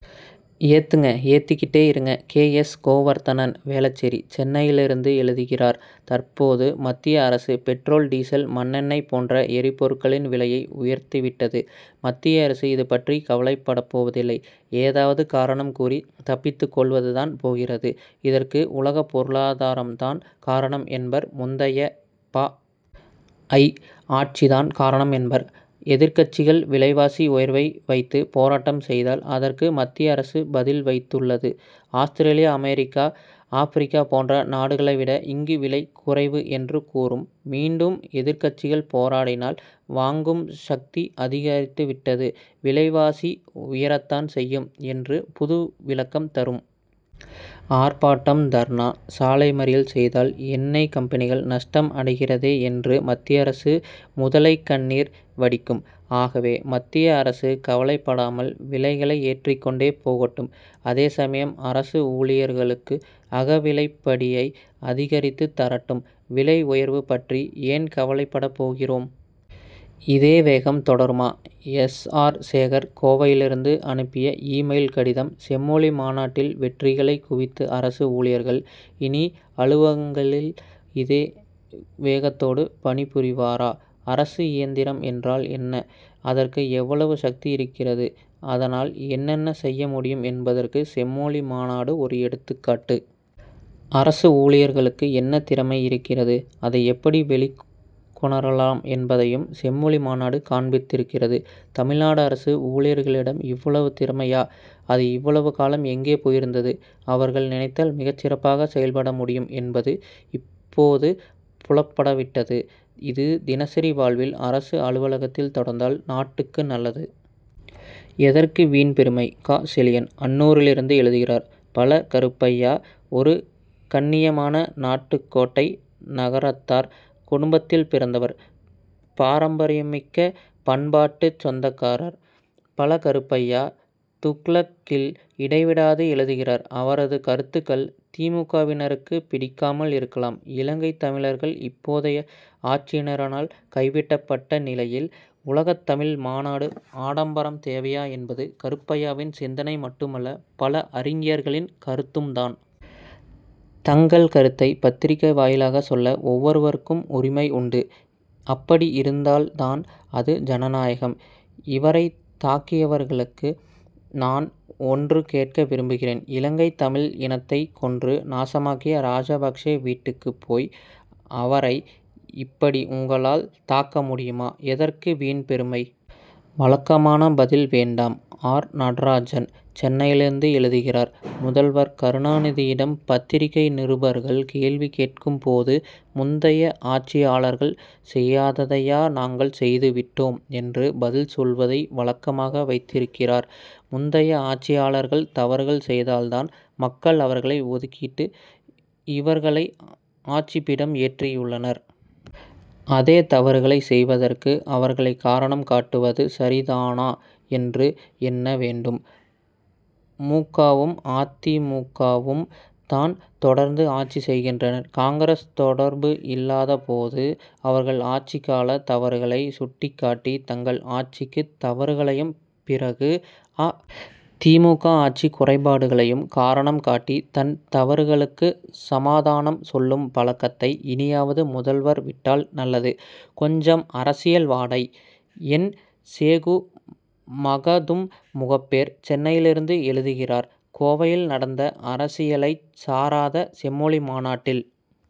ஏத்துங்க, ஏத்திக்கிட்டே இருங்க K. S. Govardhanan, Velachery, சென்னையிலிருந்து எழுதுகிறார் தற்போது மத்திய அரசு, பெட்ரோல், டீசல், மண்ணெண்ணெய் போன்ற எரிபொருட்களின் விலையை உயர்த்திவிட்டது. மத்திய அரசு இதுபற்றி கவலைப்படப் போவதில்லை ஏதாவது காரணம் கூறி தப்பித்துக் கொள்ளத்தான் போகிறது. இதற்கு உலகப் பொருளாதாரம் தான் காரணம் என்பர் முந்தைய பா. ஜ., ஆட்சி தான் காரணம் என்பர். எதிர்க்கட்சிகள் விலைவாசி உயர்வை வைத்து போராட்டம் செய்தால், அதற்கும் மத்திய அரசு பதில் வைத்துள்ளதுஆஸ்திரேலியா, அமெரிக்கா, ஆப்ரிக்கா போன்ற நாடுகளைவிட, இங்கு விலை குறைவு என்று கூறும். மீண்டும் எதிர்க்கட்சிகள் போராடினால், வாங்கும் சக்தி அதிகரித்து விட்டது. விலைவாசி உயரத்தான் செய்யும் என்று புது விளக்கம் தரும். ஆர்ப்பாட்டம், தர்ணா, சாலை மறியல் செய்தால், எண்ணெய் கம்பெனிகள் நஷ்டம் அடைகிறதே என்று மத்திய அரசு முதலைக் கண்ணீர் வடிக்கும். ஆகவே, மத்திய அரசு கவலைப்படாமல் விலைகளை ஏற்றிக்கொண்டே போகட்டும். அதேசமயம், அரசு ஊழியர்களுக்கு அகவிலைப்படியை அதிகரித்துத் தரட்டும். விலை உயர்வு பற்றி ஏன் கவலைப்படப் போகிறோம். இதே வேகம் தொடருமா? எஸ். ஆர். சேகர், கோவையிலிருந்து அனுப்பிய, இ-மெயில் கடிதம் செம்மொழி மாநாட்டில் வெற்றிகளை குவித்த அரசு ஊழியர்கள், இனி அலுவலகங்களிலும் இதே வேகத்தோடு பணிபுரிவரா? அரசு இயந்திரம் என்றால் என்ன? அதற்கு எவ்வளவு சக்தி இருக்கிறதுஅதனால் என்னென்ன செய்ய முடியும் என்பதற்கு, செம்மொழி மாநாடு ஒரு எடுத்துக்காட்டு. அரசு ஊழியர்களுக்கு என்ன திறமை இருக்கிறது, அதை எப்படி வெளிக்கொணரலாம் என்பதையும், செம்மொழி மாநாடு காண்பித்திருக்கிறது. தமிழ்நாடு அரசு ஊழியர்களிடம் இவ்வளவு திறமையா? அது இவ்வளவு காலம் எங்கே போயிருந்தது? அவர்கள் நினைத்தால் மிகச் சிறப்பாக செயல்பட முடியும் என்பது இப்போது புலப்பட்டுவிட்டது. இது, தினசரி வாழ்வில், அரசு அலுவலகத்தில் தொடர்ந்தால் நாட்டுக்கு நல்லது! எதற்கு வீண் பெருமை! க. செழியன், அன்னூரிலிருந்து எழுதுகிறார் பழ. கருப்பையா, ஒரு கண்ணியமான நாட்டுக்கோட்டை நகரத்தார் குடும்பத்தில் பிறந்தவர். பாரம்பரியமிக்க பண்பாட்டுக்குச் சொந்தக்காரர். பழ. கருப்பையா, துக்ளக் கில் இடைவிடாது எழுதுகிறார். அவரது கருத்துக்கள், தி. மு. க.,வினருக்கு பிடிக்காமல் இருக்கலாம். இலங்கைத் தமிழர்கள் இப்போதைய ஆட்சியினரால் கைவிடப்பட்ட நிலையில், உலகத் தமிழ் மாநாடு ஆடம்பரம் தேவையா என்பது, கருப்பையாவின் சிந்தனை மட்டுமல்ல, பல அறிஞர்களின் கருத்தும் தான். தங்கள் கருத்தை பத்திரிகை வாயிலாக சொல்ல, ஒவ்வொருவருக்கும் உரிமை உண்டு. அப்படி இருந்தால் தான், அது, ஜனநாயகம். இவரை தாக்கியவர்களை, நான் ஒன்று கேட்க விரும்புகிறேன்இலங்கைத் தமிழ் இனத்தை கொன்று நாசமாக்கிய ராஜபக்ஷே வீட்டுக்கு போய், அவரை இப்படி உங்களால் தாக்க முடியுமா? எதற்கு வீண் பெருமை. வழக்கமான பதில் வேண்டாம் ஆர். நடராஜன், சென்னையிலிருந்து எழுதுகிறார் முதல்வர் கருணாநிதியிடம் பத்திரிகை நிருபர்கள் கேள்வி கேட்கும் போது, முந்தைய ஆட்சியாளர்கள் செய்யாததையா நாங்கள் செய்து விட்டோம் என்று பதில் சொல்வதை வழக்கமாக வைத்திருக்கிறார். முந்தைய ஆட்சியாளர்கள் தவறுகள் செய்ததால் தான், மக்கள் அவர்களை ஒதுக்கி, இவர்களை ஆட்சிபீடம் ஏற்றி உள்ளனர். அதே தவறுகளை செய்வதற்கு, அவர்களை காரணம் காட்டுவது சரி தானா என்று எண்ண வேண்டும். மு. க.,வும் அ. தி. மு. க., வும், தான் தொடர்ந்து ஆட்சி செய்கின்றன. காங்கிரஸ் தொடர்பு இல்லாத போது, அவர்கள் ஆட்சி கால தவறுகளை சுட்டிக் காட்டி, தங்கள் ஆட்சி தவறுகளையும், பிறகு அ. தி. மு. க., ஆட்சி குறைபாடுகளையும் காரணம் காட்டி, தன் தவறுகளுக்கு சமாதானம் சொல்லும் பழக்கத்தை, இனியாவது முதல்வர் விட்டால் நல்லது. கொஞ்சம் அரசியல் வாடை! என். சேகு மகதும், முகப்பேர், சென்னையிலிருந்து எழுதுகிறார் கோவையில் நடந்த அரசியலைச் சாராத செம்மொழி மாநாட்டில்,